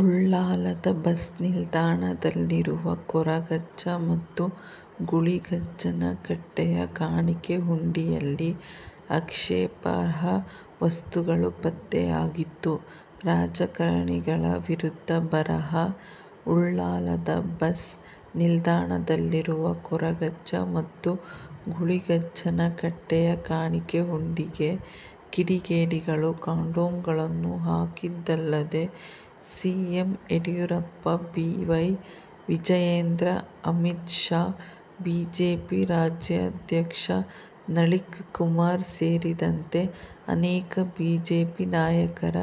ಉಳ್ಳಾಲದ bus ನಿಲ್ದಾಣದಲ್ಲಿರುವ ಕೊರಗಜ್ಜ ಮತ್ತು ಗುಳಿಗಜ್ಜನ ಕಟ್ಟೆಯ ಕಾಣಿಕೆ ಹುಂಡಿಯಲ್ಲಿ ಆಕ್ಷೇಪಾರ್ಹ ವಸ್ತುಗಳು ಪತ್ತೆಯಾಗಿತ್ತು. ರಾಜಕಾರಣಿಗಳ ವಿರುದ್ಧ ಬರಹ: ಉಳ್ಳಾಲದ ಬಸ್ ನಿಲ್ದಾಣದಲ್ಲಿರುವ ಕೊರಗಜ್ಜ ಮತ್ತು ಗುಳಿಗಜ್ಜನ ಕಟ್ಟೆಯ ಕಾಣಿಕೆ ಹುಂಡಿಗೆ ಕಿಡಿಗೇಡಿಗಳು ಕಾಂಡೋಮ್ ಗಳನ್ನು ಹಾಕಿದ್ದಲ್ಲದೆ, CM Yediyurappa, B. Y. Vijayendra, Amit Shah, BJP ರಾಜ್ಯಾಧ್ಯಕ್ಷ ನಳಿಕ್ ಕುಮಾರ್ ಸೇರಿದಂತೆ ಅನೇಕ ಬಿಜೆಪಿ ನಾಯಕರ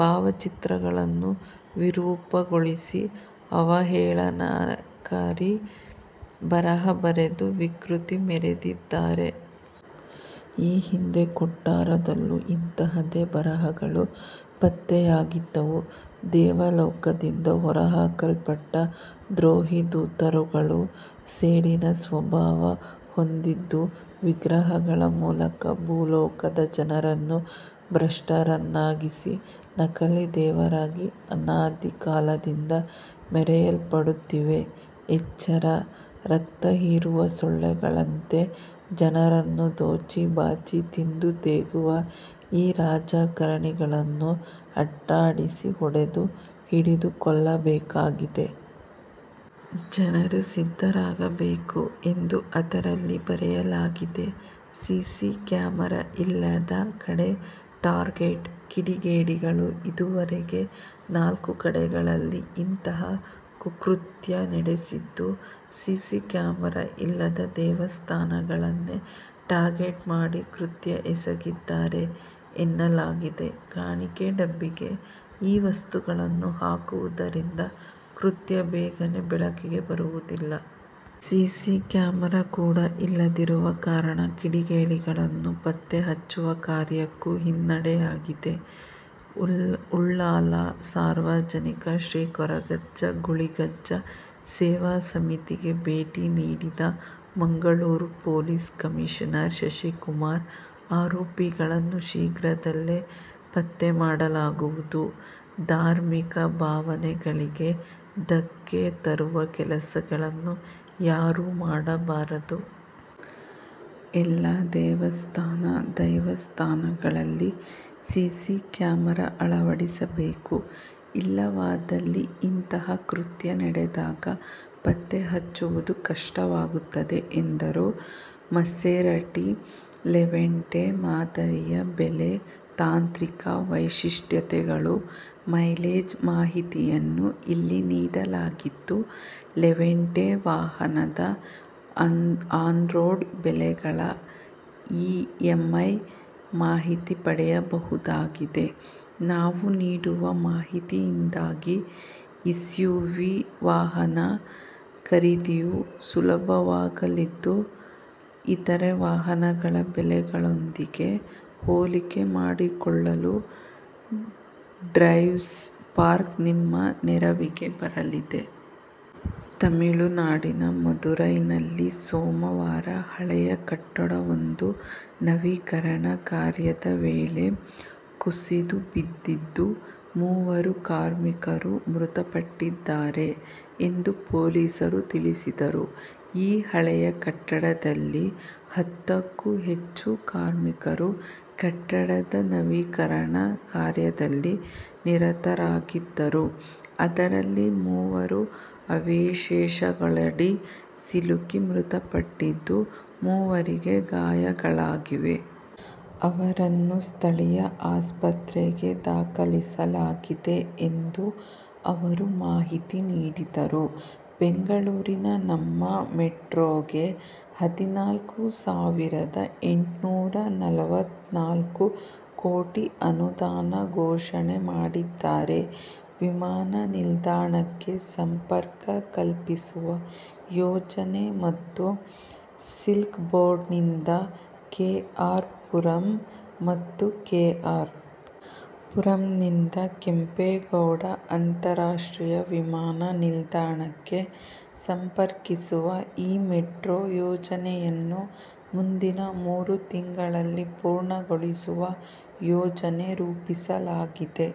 ಭಾವ ಚಿತ್ರಗಳನ್ನು ವಿರೂಪಗೊಳಿಸಿ ಅವಹೇಳನಕಾರಿ ಬರಹ ಬರೆದು ವಿಕೃತಿ ಮೆರೆದಿದ್ದಾರೆ. ಈ ಹಿಂದೆ ಕೊಟ್ಟಾರದಲ್ಲೂ ಇಂತಹದೇ ಬರಹಗಳು ಪತ್ತೆಯಾಗಿದ್ದವು. ದೇವಲೋಕದಿಂದ ಹೊರಹಾಕಲ್ಪಟ್ಟ ದ್ರೋಹಿ ದೂತರುಗಳು ಸೇಡಿನ ಸ್ವಭಾವ ಹೊಂದಿದ್ದು ವಿಗ್ರಹಗಳ ಮೂಲಕ ಭೂಲೋಕದ ಜನರನ್ನು ಭ್ರಷ್ಟರನ್ನಾಗಿಸಿ ನಕಲಿ ದೇವರಾಗಿ ಅನಾದಿ ಕಾಲದಿಂದ ಮೆರೆಯಲ್ಪಡುತ್ತಿವೆ, ಎಚ್ಚರ. ರಕ್ತ ಹೀರುವ ಸೊಳ್ಳೆಗಳಂತೆ ಜನರನ್ನು ದೋಚಿ, ಬಾಚಿ ತಿಂದು ತೇಗುವ ಈ ರಾಜಕಾರಣಿಗಳನ್ನು ಅಟ್ಟಾಡಿಸಿ ಹೊಡೆದು, ಹಿಡಿದು ಕೊಲ್ಲಬೇಕಾಗಿದೆ. ಜನರು ಸಿದ್ಧರಾಗಬೇಕು ಎಂದು ಅದರಲ್ಲಿ ಬರೆಯಲಾಗಿದೆ. ಸಿಸಿ ಕ್ಯಾಮರಾ ಇಲ್ಲದ ಕಡೆ ಟಾರ್ಗೆಟ್: ಕಿಡಿಗೇಡಿಗಳು ಇದುವರೆಗೆ ನಾಲ್ಕು ಕಡೆಗಳಲ್ಲಿ ಇಂತಹ ಕುಕೃತ್ಯ ನಡೆಸಿದ್ದು, ಸಿಸಿ ಕ್ಯಾಮರಾ ಇಲ್ಲದ ದೈವಸ್ಥಾನಗಳನ್ನೇ ಟಾರ್ಗೆಟ್ ಮಾಡಿ ಕೃತ್ಯ ಎಸಗಿದ್ದಾರೆ ಎನ್ನಲಾಗಿದೆ. ಕಾಣಿಕೆ ಡಬ್ಬಿಗೆ ಈ ವಸ್ತುಗಳನ್ನು ಹಾಕುವುದರಿಂದ ಕೃತ್ಯ ಬೇಗನೇ ಬೆಳಕಿಗೆ ಬರುವುದಿಲ್ಲ. ಸಿಸಿ ಕ್ಯಾಮರಾ ಕೂಡಾ ಇಲ್ಲದಿರುವ ಕಾರಣ ಕಿಡಿಗೇಡಿಗಳನ್ನು ಪತ್ತೆ ಹಚ್ಚುವ ಕಾರ್ಯಕ್ಕೂ ಹಿನ್ನಡೆಯಾಗಿದೆ. ಉಳ್ಳಾಲ ಸಾರ್ವಜನಿಕ ಶ್ರೀ ಕೊರಗಜ್ಜ, ಗುಳಿಗಜ್ಜ ಸೇವಾ ಸಮಿತಿಗೆ ಭೇಟಿ ನೀಡಿದ ಮಂಗಳೂರು ಪೊಲೀಸ್ ಕಮಿಷನರ್ ಶಶಿಕುಮಾರ್, ಆರೋಪಿಗಳನ್ನು ಶೀಘ್ರದಲ್ಲಿ ಪತ್ತೆ ಮಾಡಲಾಗುವುದು. ಧಾರ್ಮಿಕ ಭಾವನೆಗಳಿಗೆ ಧಕ್ಕೆ ತರುವ ಕೆಲಸಗಳನ್ನು ಯಾರೂ ಮಾಡಬಾರದು. ಎಲ್ಲಾ ದೇವಸ್ಥಾನ/ ದೈವಸ್ಥಾನಗಳಲ್ಲಿ ಸಿಸಿ ಕ್ಯಾಮರಾ ಅಳವಡಿಸಬೇಕು ಇಲ್ಲವಾದಲ್ಲಿ ಇಂತಹ ಕೃತ್ಯ ನಡೆದಾಗ ಪತ್ತೆ ಹಚ್ಚುವುದು ಕಷ್ಟವಾಗುತ್ತದೆ ಎಂದರು. ಮಸೆರಟಿ ಲೆವೆಂಟೆ ಮಾದರಿಯ ಬೆಲೆ, ತಾಂತ್ರಿಕ ವೈಶಿಷ್ಟ್ಯತೆಗಳು, ಮೈಲೇಜ್ ಮಾಹಿತಿಯನ್ನು ಇಲ್ಲಿ ನೀಡಲಾಗಿದ್ದು, ಲೆವೆಂಟೆ ವಾಹನದ ಆನ್ರೋಡ್ ಬೆಲೆಗಳ ಇಎಂಐ ಮಾಹಿತಿ ಪಡೆಯಬಹುದಾಗಿದೆ. ನಾವು ನೀಡುವ ಮಾಹಿತಿಯಿಂದಾಗಿ ಎಸ್ಯುವಿ ವಾಹನ ಖರೀದಿಯು ಸುಲಭವಾಗಲಿದ್ದು, ಇತರೆ ವಾಹನಗಳ ಬೆಲೆಗಳೊಂದಿಗೆ ಹೋಲಿಕೆ ಮಾಡಿಕೊಳ್ಳಲು ಡ್ರೈವ್ಸ್ ಪಾರ್ಕ್ ನಿಮ್ಮ ನೆರವಿಗೆ ಬರಲಿದೆ. ತಮಿಳುನಾಡಿನ ಮಧುರೈನಲ್ಲಿ ಸೋಮವಾರ ಹಳೆಯ ಕಟ್ಟಡವೊಂದು ನವೀಕರಣ ಕಾರ್ಯದ ವೇಳೆ ಕುಸಿದು ಬಿದ್ದಿದ್ದು, ಮೂವರು ಕಾರ್ಮಿಕರು ಮೃತಪಟ್ಟಿದ್ದಾರೆ ಎಂದು ಪೊಲೀಸರು ತಿಳಿಸಿದರು. ಈ ಹಳೆಯ ಕಟ್ಟಡದಲ್ಲಿ ಹತ್ತಕ್ಕೂ ಹೆಚ್ಚು ಕಾರ್ಮಿಕರು ಕಟ್ಟಡದ ನವೀಕರಣ ಕಾರ್ಯದಲ್ಲಿ ನಿರತರಾಗಿದ್ದರು. ಅದರಲ್ಲಿ ಮೂವರು ಅವಶೇಷಗಳಡಿ ಸಿಲುಕಿ ಮೃತಪಟ್ಟಿದ್ದು, ಮೂವರಿಗೆ ಗಾಯಗಳಾಗಿವೆ. ಅವರನ್ನು ಸ್ಥಳೀಯ ಆಸ್ಪತ್ರೆಗೆ ದಾಖಲಿಸಲಾಗಿದೆ' ಎಂದು ಅವರು ಮಾಹಿತಿ ನೀಡಿದರು. ಬೆಂಗಳೂರಿನ 'ನಮ್ಮ ಮೆಟ್ರೋ'ಗೆ ಹದಿನಾಲ್ಕು ಸಾವಿರದ ಎಂಟ್ನೂರ ನಲವತ್ನಾಲ್ಕು ಕೋಟಿ ಅನುದಾನ ಘೋಷಣೆ ಮಾಡಿದ್ದಾರೆ. ವಿಮಾನ ನಿಲ್ದಾಣಕ್ಕೆ ಸಂಪರ್ಕ ಕಲ್ಪಿಸುವ ಯೋಜನೆ ಮತ್ತು ಸಿಲ್ಕ್ ಬೋರ್ಡ್ನಿಂದ ಕೆ. ಆರ್. ಪುರಂ ಮತ್ತು ಕೆ. ಆರ್. ಪುರಂನಿಂದ ಕೆಂಪೇಗೌಡ ಅಂತಾರಾಷ್ಟ್ರೀಯ ವಿಮಾನ ನಿಲ್ದಾಣಕ್ಕೆ ಸಂಪರ್ಕಿಸುವ ಈ ಮೆಟ್ರೋ ಯೋಜನೆಯನ್ನು ಮುಂದಿನ ಮೂರು ತಿಂಗಳಲ್ಲಿ ಪೂರ್ಣಗೊಳಿಸುವ ಯೋಜನೆ ರೂಪಿಸಲಾಗಿದೆ.